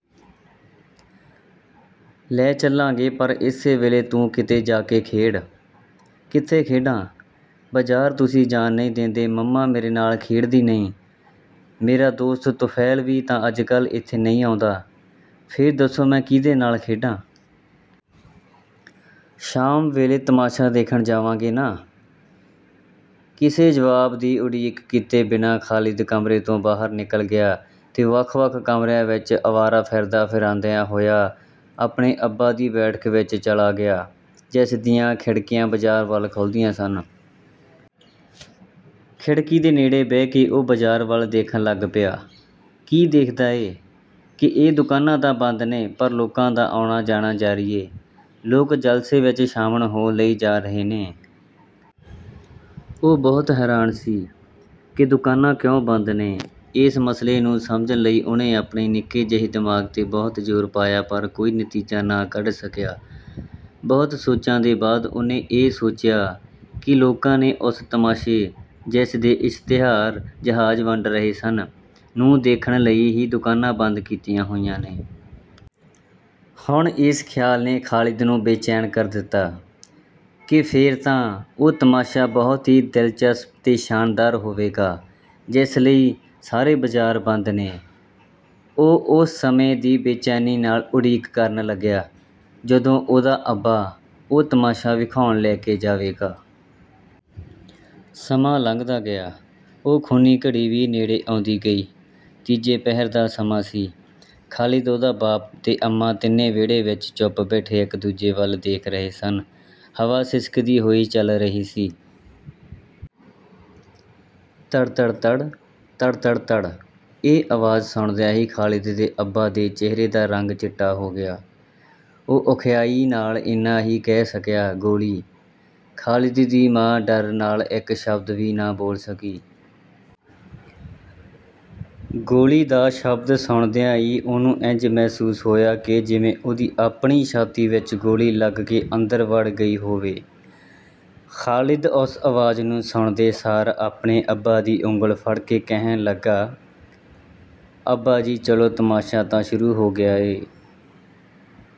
ਲੈ ਚੱਲਾਂਗੇ ਪਰ ਏਸੇ ਵੇਲੇ ਤੂੰ ਕਿਤੇ ਜਾ ਕੇ ਖੇਡ। ਕਿੱਥੇ ਖੇਡਾਂ? ਬਾਜ਼ਾਰ ਤੁਸੀਂ ਜਾਣ ਨਹੀਂ ਦੇਂਦੇ ਮਮਾ ਮੇਰੇ ਨਾਲ ਖੇਡਦੀ ਨਹੀਂ। ਮੇਰਾ ਦੋਸਤ ਤੁਫੈਲ ਵੀ ਤਾਂ ਅੱਜਕੱਲ੍ਹ ਏਥੇ ਨਹੀਂ ਆਉਂਦਾ। ਫੇਰ ਦੱਸੋ ਮੈਂ ਕੀਹਦੇ ਨਾਲ ਖੇਡਾਂ। ਸ਼ਾਮ ਵੇਲੇ ਤਮਾਸ਼ਾ ਦੇਖਣ ਜਾਵਾਂਗੇ ਨਾ? ਕਿਸੇ ਜਵਾਬ ਦੀ ਉਡੀਕ ਕੀਤੇ ਬਿਨਾਂ ਖ਼ਾਲਿਦ ਕਮਰੇ ਤੋਂ ਬਾਹਰ ਨਿਕਲ ਗਿਆ ਤੇ ਵੱਖ ਵੱਖ ਕਮਰਿਆਂ ਵਿਚ ਆਵਾਰਾ ਫਿਰਦਾ ਫਿਰਾਂਦਾ ਹੋਇਆ ਆਪਣੇ ਅੱਬਾ ਦੀ ਬੈਠਕ ਵਿਚ ਚਲਾ ਗਿਆ ਜਿਸ ਦੀਆਂ ਖਿੜਕੀਆਂ ਬਾਜ਼ਾਰ ਵੱਲ ਖੁੱਲ੍ਹਦੀਆਂ ਸਨ। ਖਿੜਕੀ ਦੇ ਨੇੜੇ ਬਹਿ ਕੇ ਉਹ ਬਾਜ਼ਾਰ ਵੱਲ ਦੇਖਣ ਲੱਗ ਪਿਆ। ਕੀ ਦੇਖਦਾ ਏ ਕਿ ਇਹ ਦੁਕਾਨਾਂ ਤਾਂ ਬੰਦ ਨੇ ਪਰ ਲੋਕਾਂ ਦਾ ਆਉਣਾ ਜਾਣਾ ਜਾਰੀ ਏ। ਲੋਕ ਜਲਸੇ ਵਿਚ ਸ਼ਾਮਲ ਹੋਣ ਲਈ ਜਾ ਰਹੇ ਨੇ। ਉਹ ਬਹੁਤ ਹੈਰਾਨ ਸੀ ਕਿ ਦੁਕਾਨਾਂ ਕਿਉਂ ਬੰਦ ਨੇ। ਏਸ ਮਸਲੇ ਨੂੰ ਸਮਝਣ ਲਈ ਉਹਨੇ ਆਪਣੇ ਨਿੱਕੇ ਜਿਹੇ ਦਿਮਾਗ਼ ਤੇ ਬਹੁਤ ਜ਼ੋਰ ਪਾਇਆ ਪਰ ਕੋਈ ਨਤੀਜਾ ਨਾ ਕੱਢ ਸਕਿਆ। ਬਹੁਤ ਸੋਚਾਂ ਦੇ ਬਾਅਦ ਉਹਨੇ ਇਹ ਸੋਚਿਆ ਕਿ ਲੋਕਾਂ ਨੇ ਓਸ ਤਮਾਸ਼ੇ ਜਿਸ ਦੇ ਇਸ਼ਤਿਹਾਰ ਜਹਾਜ਼ ਵੰਡ ਰਹੇ ਸਨ ਨੂੰ ਦੇਖਣ ਲਈ ਹੀ ਦੁਕਾਨਾਂ ਬੰਦ ਕੀਤੀਆਂ ਹੋਈਆਂ ਨੇ। ਹੁਣ ਏਸ ਖਿਆਲ ਨੇ ਖ਼ਾਲਿਦ ਨੂੰ ਬੇਚੈਨ ਕਰ ਦਿੱਤਾ ਕਿ ਫੇਰ ਤਾਂ ਉਹ ਤਮਾਸ਼ਾ ਬਹੁਤ ਹੀ ਦਿਲਚਸਪ ਤੇ ਸ਼ਾਨਦਾਰ ਹੋਵੇਗਾ ਜਿਸ ਲਈ ਸਾਰੇ ਬਾਜ਼ਾਰ ਬੰਦ ਨੇ। ਉਹ ਓਸ ਸਮੇਂ ਦੀ ਬੇਚੈਨੀ ਨਾਲ ਉਡੀਕ ਕਰਨ ਲੱਗਿਆ ਜਦੋਂ ਉਹਦਾ ਅੱਬਾ ਉਹ ਤਮਾਸ਼ਾ ਵਿਖਾਉਣ ਲੈ ਕੇ ਜਾਵੇਗਾ। ਸਮਾਂ ਲੰਘਦਾ ਗਿਆ। ਉਹ ਖ਼ੂਨੀ ਘੜੀ ਵੀ ਨੇੜੇ ਆਉਂਦੀ ਗਈ। ਤੀਜੇ ਪਹਿਰ ਦਾ ਸਮਾਂ ਸੀ। ਖ਼ਾਲਿਦ ਉਹਦਾ ਬਾਪ ਤੇ ਅੰਮਾ ਤਿੰਨੇ ਵਿਹੜੇ ਵਿਚ ਚੁੱਪ ਬੈਠੇ ਇਕ ਦੂਜੇ ਵੱਲ ਦੇਖ ਰਹੇ ਸਨ। ਹਵਾ ਸਿਸਕਦੀ ਹੋਈ ਚੱਲ ਰਹੀ ਸੀ। ਤੜ ਤੜ ਤੜ। ਤੜ ਤੜ ਤੜ। ਇਹ ਆਵਾਜ਼ ਸੁਣਦਿਆਂ ਈ ਖ਼ਾਲਿਦ ਦੇ ਅੱਬਾ ਦੇ ਚਿਹਰੇ ਦਾ ਰੰਗ ਚਿੱਟਾ ਹੋ ਗਿਆ। ਉਹ ਔਖਿਆਈ ਨਾਲ ਏਨਾ ਹੀ ਕਹਿ ਸਕਿਆ ਗੋਲੀ। ਖ਼ਾਲਿਦ ਦੀ ਮਾਂ ਡਰ ਨਾਲ ਇਕ ਸ਼ਬਦ ਵੀ ਨਾ ਬੋਲ ਸਕੀ। ਗੋਲੀ ਦਾ ਸ਼ਬਦ ਸੁਣਦਿਆਂ ਈ ਉਹਨੂੰ ਇੰਜ ਮਹਿਸੂਸ ਹੋਇਆ ਕਿ ਜਿਵੇਂ ਉਹਦੀ ਆਪਣੀ ਛਾਤੀ ਵਿਚ ਗੋਲੀ ਲੱਗ ਕੇ ਅੰਦਰ ਵੜ ਗਈ ਹੋਵੇ। ਖ਼ਾਲਿਦ ਓਸ ਆਵਾਜ਼ ਨੂੰ ਸੁਣਦੇ ਸਾਰ ਆਪਣੇ ਅੱਬਾ ਦੀ ਉਂਗਲ ਫੜ ਕੇ ਕਹਿਣ ਲੱਗਿਆ ਅੱਬਾ ਜੀ ਚਲੋ ਤਮਾਸ਼ਾ ਤਾਂ ਸ਼ੁਰੂ ਹੋ ਗਿਆ ਏ।